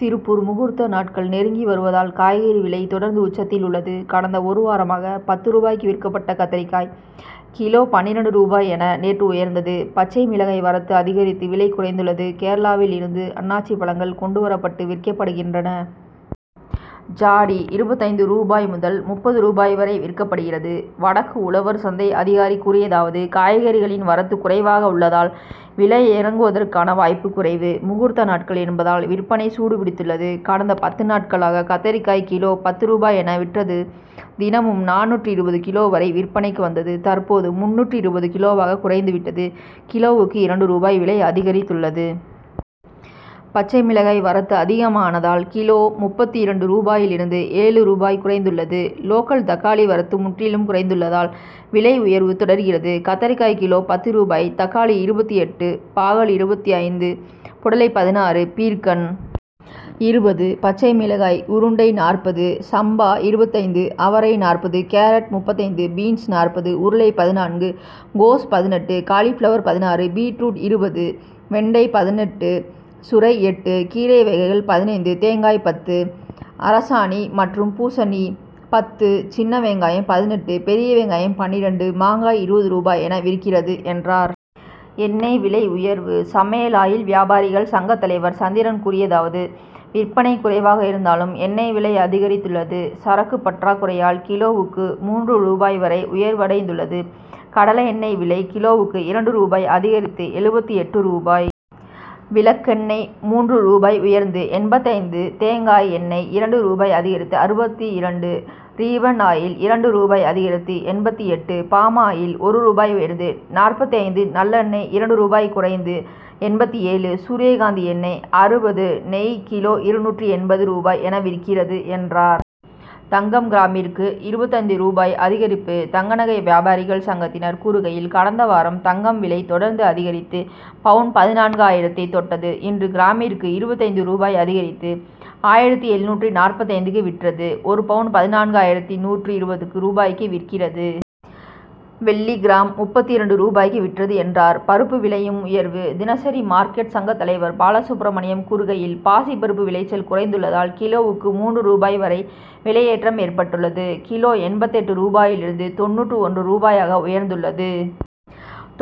திருப்பூர் முகூர்த்த நாட்கள் நெருங்கி வருவதால், காய்கறி விலை தொடர்ந்து உச்சத்தில் உள்ளது. கடந்த ஒரு வாரமாக, பத்து ரூபாய்க்கு விற்கப்பட்ட கத்தரிக்காய், கிலோ பன்னிரண்டு ரூபாய் என நேற்று உயர்ந்தது. பச்சை மிளகாய் வரத்து அதிகரித்து விலை குறைந்துள்ளது. கேரளாவில் இருந்து அன்னாச்சி பழங்கள் கொண்டு வரப்பட்டு விற்கப்படுகின்றன. ஜாடி இருபத்து ஐந்து ரூபாய் முதல் முப்பது ரூபாய் வரை விற்கப்படுகிறது. வடக்கு உழவர் சந்தை அதிகாரி கூறியதாவது காய்கறிகளின் வரத்து குறைவாக உள்ளதால், விலை இறங்குவதற்கான வாய்ப்பு குறைவு. முகூர்த்த நாட்கள் என்பதால், விற்பனை சூடுபிடித்துள்ளது. கடந்த பத்து நாட்களாக கத்தரிக்காய் கிலோ பத்து ரூபாய் என விற்றது தினமும் நானூற்று இருபது கிலோ வரை விற்பனைக்கு வந்தது தற்போது முன்னூற்று இருபது கிலோவாக குறைந்து விட்டது கிலோவுக்கு இரண்டு ரூபாய் விலை அதிகரித்துள்ளது. பச்சை மிளகாய் வரத்து அதிகமானதால், கிலோ முப்பத்து இரண்டு ரூபாயில் இருந்து ஏழு ரூபாய் குறைந்துள்ளது. லோக்கல் தக்காளி வரத்து முற்றிலும் குறைந்துள்ளதால், விலை உயர்வு தொடர்கிறது. கத்தரிக்காய் கிலோ பத்து ரூபாய் தக்காளி இருபத்து எட்டு பாகல் இருபத்து ஐந்து புடலை பதினாறு பீர்க்கன் இருபது பச்சை மிளகாய் உருண்டை நாற்பது, சம்பா இருபத்து ஐந்து அவரை நாற்பது கேரட் முப்பத்து ஐந்து பீன்ஸ் நாற்பது உருளை பதினான்கு கோஸ் பதினெட்டு காலிபிளவர் பதினாறு பீட்ரூட் இருபது வெண்டை பதினெட்டு சுரை எட்டு கீரை வகைகள் பதினைந்து தேங்காய் பத்து அரசாணி மற்றும் பூசணி பத்து சின்ன வெங்காயம் பதினெட்டு பெரிய வெங்காயம் பன்னிரண்டு மாங்காய் இருபது ரூபாய் என விற்கிறது, என்றார். எண்ணெய் விலை உயர்வு சமையல் ஆயில் வியாபாரிகள் சங்க தலைவர் சந்திரன் கூறியதாவது விற்பனை குறைவாக இருந்தாலும், எண்ணெய் விலை அதிகரித்துள்ளது. சரக்கு பற்றாக்குறையால், கிலோவுக்கு மூன்று ரூபாய் வரை உயர்வடைந்துள்ளது. கடலை எண்ணெய் விலை கிலோவுக்கு இரண்டு ரூபாய் அதிகரித்து எழுபத்து எட்டு ரூபாய் விளக்கெண்ணெய் மூன்று ரூபாய் உயர்ந்து எண்பத்தைந்து தேங்காய் எண்ணெய் இரண்டு ரூபாய் அதிகரித்து அறுபத்து இரண்டு ரீபன்ட் ஆயில் இரண்டு ரூபாய் அதிகரித்து எண்பத்து எட்டு பாமாயில் ஒரு ரூபாய் உயர்ந்து நாற்பத்து ஐந்து நல்லெண்ணெய் இரண்டு ரூபாய் குறைந்து எண்பத்து ஏழு சூரியகாந்தி எண்ணெய் அறுபது நெய் கிலோ இருநூற்று எண்பது ரூபாய் என விற்கிறது, என்றார். தங்கம் கிராமிற்கு இருபத்து ஐந்து ரூபாய் அதிகரிப்பு தங்க நகை வியாபாரிகள் சங்கத்தினர் கூறுகையில், கடந்த வாரம் தங்கம் விலை தொடர்ந்து அதிகரித்து, பவுன் பதினான்கு ஆயிரத்தை தொட்டது. இன்று கிராமிற்கு இருபத்து ஐந்து ரூபாய் அதிகரித்து, ஆயிரத்து எழுநூற்று நாற்பத்தைந்துக்கு விற்றது. ஒரு பவுன் பதினான்கு ஆயிரத்து நூற்று இருபது ரூபாய்க்கு விற்கிறது. வெள்ளி கிராம் முப்பத்து இரண்டு ரூபாய்க்கு விற்றது, என்றார். பருப்பு விலையும் உயர்வு தினசரி மார்க்கெட் சங்க தலைவர் பாலசுப்ரமணியம் கூறுகையில், பாசி பருப்பு விளைச்சல் குறைந்துள்ளதால், கிலோவுக்கு மூன்று ரூபாய் வரை விலையேற்றம் ஏற்பட்டுள்ளது. கிலோ எண்பத்து எட்டு ரூபாயில் இருந்து தொண்ணூற்று ஒன்று ரூபாயாக உயர்ந்துள்ளது.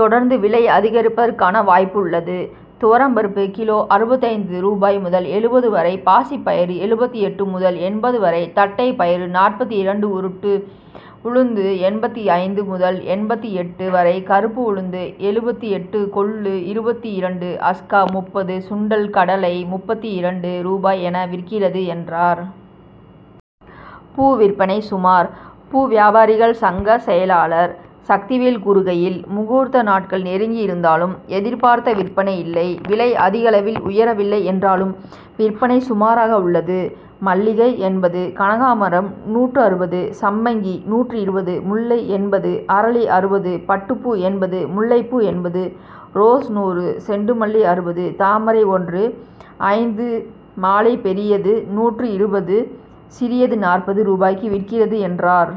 தொடர்ந்து விலை அதிகரிப்பதற்கான வாய்ப்புள்ளது. துவரம் பருப்பு கிலோ அறுபத்து ஐந்து ரூபாய் முதல் எழுபது வரை பாசி பயிறு எழுபத்து எட்டு முதல் எண்பது வரை தட்டை பயிறு நாற்பத்து இரண்டு உருட்டு உளுந்து எண்பத்து ஐந்து முதல் எண்பத்து எட்டு வரை கருப்பு உளுந்து எழுபத்து எட்டு கொள்ளு இருபத்து இரண்டு அஸ்கா முப்பது சுண்டல் கடலை முப்பத்து இரண்டு ரூபாய் என விற்கிறது, என்றார். பூ விற்பனை சுமார் பூ வியாபாரிகள் சங்க செயலாளர் சக்திவேல் கூறுகையில், முகூர்த்த நாட்கள் நெருங்கி இருந்தாலும், எதிர்பார்த்த விற்பனை இல்லை விலை அதிகளவில் உயரவில்லை என்றாலும், விற்பனை சுமாராக உள்ளது. மல்லிகை எண்பது கனகாம்பரம் நூற்று அறுபது சம்பங்கி நூற்று இருபது முல்லை எண்பது அரளி அறுபது பட்டுப்பூ எண்பது முல்லைப்பூ எண்பது ரோஸ் நூறு செண்டுமல்லி அறுபது தாமரை ஒன்று ஐந்து மாலை பெரியது நூற்று இருபது, சிறியது நாற்பது ரூபாய்க்கு விற்கிறது, என்றார்.